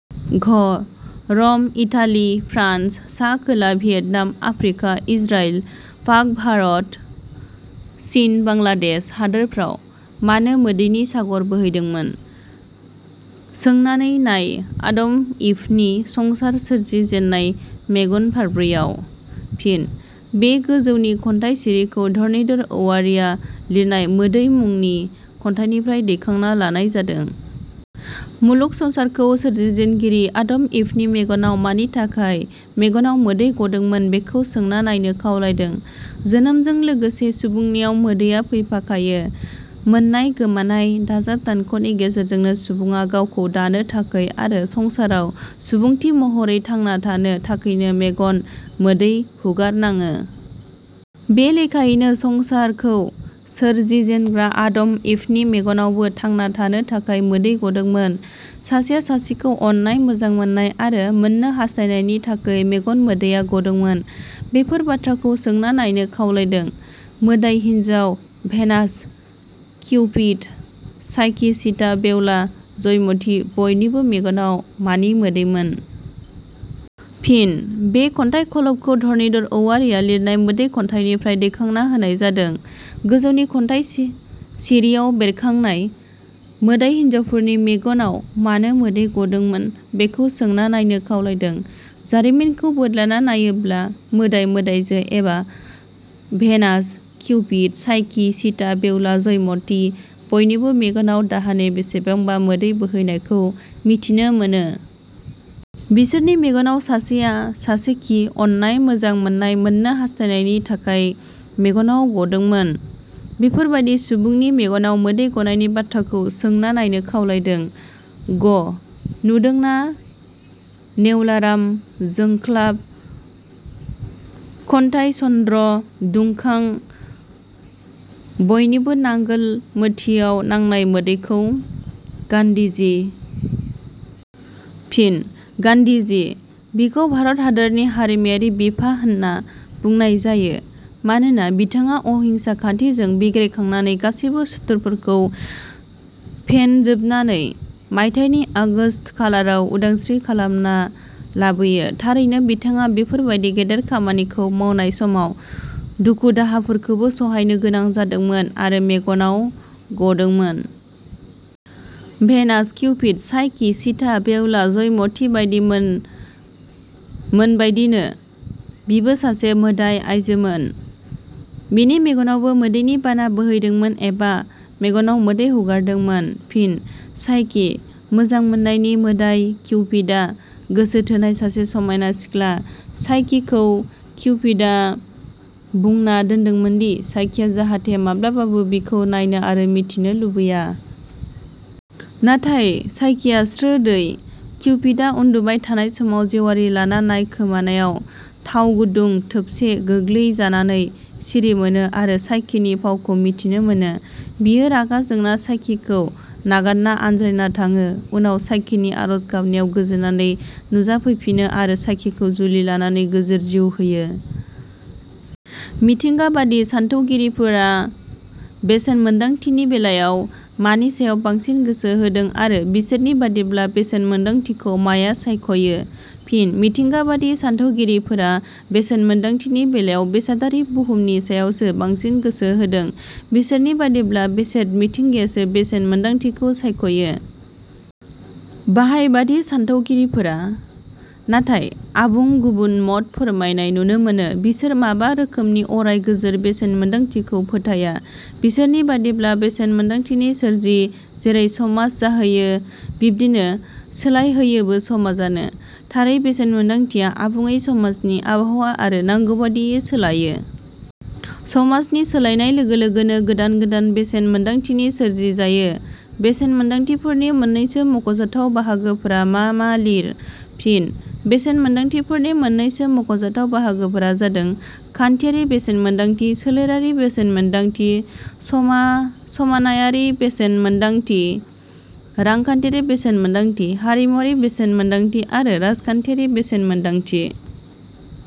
घ रम, Italy, France, सा खोला भियेटनाम, आफ्रिका, इजराइल, पाक-भारत-चीन, बांलादेश हादोरफ्राव मानो मोदैनि सागर बोहैदोंमोन? "सोंनानै नाय आदम- इनि संसार सोरजि जेन्नाय मेगन फारब्रैयाव। " फिन: बे गोजौनि खन्थाइ सिरिखौ धरणीधर औवारिया लिरनाय 'मोदै' मुंनि खन्थाइनिफ्राय दैखांना लानाय जादों। मुलुग संसारखौ सोरजिजेनगिरि आदम-इभनि मेगनाव मानि थाखाय मेगनाव मोदै गदोंमोन बेखौ सोंना नायनो खावलायदों। जोनोमजों लोगोसे सुबुंनियाव मोदैया फैफाखायो। मोननाय-गोमानाय, दाजाब-दानख 'नि गेजेरजोंनो सुबुङा गावखौ दानो थाखै आरो संसाराव सुबुंथि महरै थांना थानो थाखैनो मेगन मोदै हुगार नाङो। बे लेखायैनो संसारखौ सोरजिजेनग्रा आदम-इभनि मेगनावबो थांना थानो थाखाय मोदै गदोंमोन। सासेया सासेखौ अननाय मोजां मोननाय आरो मोननो हास्थायनायनि थाखै मेगन मोदैया गदोंमोन। बेफोर बाथ्राखौ सोंना नायनो खावलायदों। मोदाय हिन्जाव Venus, Cupid, Psyche Sita, Behula, Joymoti बयनिबो मेगनाव मानि मोदैमोन? " फिन: बे खन्थाइ खलबखौ धरणीधर औवारिया लिरनाय 'मोदै' खन्थाइनिफ्राय दैखांना होनाय जादों। गोजौनि खन्थाइ सिरियाव बेरखांनाय मोदाय हिन्जावफोरनि मेगनाव मानो मोदै गदोंमोन बेखौ सोंना नायनो खावलायदों। जारिमिनखौ बोदलाना नायोब्ला मोदाय-मोदायजो एबा Venus, Cupid, Psyche, Sita, Behula, Joymoti बयनिबो मेगनाव दाहानि बेसेबांबा मोदै बोहैनायखौ मिथिनो मोनो। बिसोरनि मेगनाव सासेया सासेखी अननाय मोजां मोननाय मोननो हास्थायनायनि थाखाय मेगनाव गदोंमोन। बेफोरबादि सुबुंनि मेगनाव मोदै गनायनि बाथ्राखौ सोंना नायनो खावलायदों। ग नुदोंना- नेवलाराम, जोंख्लाब खन्थाइचन्द्र, दुंखां बयनिबो नांगोल मोथियाव नांनाय मोदैखौ? गान्धीजी। फिन: गान्धीजी: बिखौ भारत हादोरनि हारिमायारि बिफा होनना बुंनाय जायो। मानोना बिथाङा अहिंसा खान्थिजों बिग्रायखांनानै गासैबो सुथुरफोरखौ फेनजोबनानै मायथाइनि आगष्ट खालाराव उदांस्रि खालामना लाबोयो। थारैनो बिथाङा बेफोरबादि गेदेर खामानिखौ मावनाय समाव दुख-दाहाफोरखौबो सहायनो गोनां जादोंमोन आरो मेगनाव गदोंमोन। Venus: Cupid, Psyche, Sita, Behula, Joymoti बायदिमोन मोनबायदिनो बिबो सासे मोदाय आइजोमोन। बिनि मेगनावबो मोदैनि बाना बोहैदोंमोन एबा मेगनाव मोदै हुगारनांदोंमोन। फिन: चाइकी: मोजां मोननायनि मोदाय किउपिदा गोसो थोनाय सासे समायना सिख्ला। चाइकीखौ किउपिदा बुंना दोनदोंमोनदि चाइकीया जाहाथे माब्लाबाबो बिखौ नायनो आरो मिथिनो लुबैया। नाथाय चाइकीया स्रोदयै किउपिदा उन्दुबाय थानाय समाव जेवारि लाना नायखोमानायाव थाव गुदुं थोबसे गोग्लैजानानै सिरिमोनो आरो चाइकीनि फावखौ मिथिनो मोनो। बियो रागा जोंना चाइकीखौ नागारना आनज्रायना थाङो। उनाव चाइकीनि आरज गाबनायाव गोजोननानै नुजाफैफिनो आरो चाइकीखौ जुलि लानानै गोजोर जिउ होयो। मिथिंगाबादि सानथौगिरिफोरा बेसेन मोन्दांथिनि बेलायाव मानि सायाव बांसिन गोसो होदों आरो बिसोरनि बादिब्ला बेसेन मोन्दांथिखौ माया सायखयो? फिनः मिथिंगाबादि सानथौगिरिफोरा बेसेन मोन्दांथिनि बेलायाव बेसादारि बहुमनि सायावसो बांसिन गोसो होदों। बिसोरनि बादिब्ला, बेसाद मिथिंगायासो बेसेन मोनदांथिखौ सायख'यो। बाहायबादि सानथौगिरिफोरा नाथाय आबुं गुबुन मत फोरमायनाय नुनो मोनो। बिसोर माबा रोखोमनि अराय गोजोर बेसेन मोन्दांथिखौ फोथाया। बिसोरनि बादिब्ला, बेसेन मोन्दांथिनि सोरजि जेरै समाज जाहोयो, बिब्दिनो सोलायहोयोबो समाजानो। थारै बेसेन मोन्दांथिया आबुङै समाजनि आबहावा आरो नांगौबादियै सोलाइयो। समाजनि सोलायनाय लोगो लोगोनो गोदान गोदान बेसेन मोन्दांथिनि सोरजि जायो। बेसेन मोन्दांथिफोरनि मोन्नैसो मख'जाथाव बाहागोफोरा मा मा लिर। फिनः बेसेन मोन्दांथिफोरनि मोननैसो मख'जाथाव बाहागोफोरा जादों- खान्थियारि बेसेन मोन्दांथि, सोलेरारि बेसेन मोन्दांथि समा समानायारि बेसेन मोन्दांथि रांखान्थियारि बेसेन मोन्दांथि हारिमुवारि बेसेन मोन्दांथि आरो राजखान्थियारि बेसेन मोन्दांथि।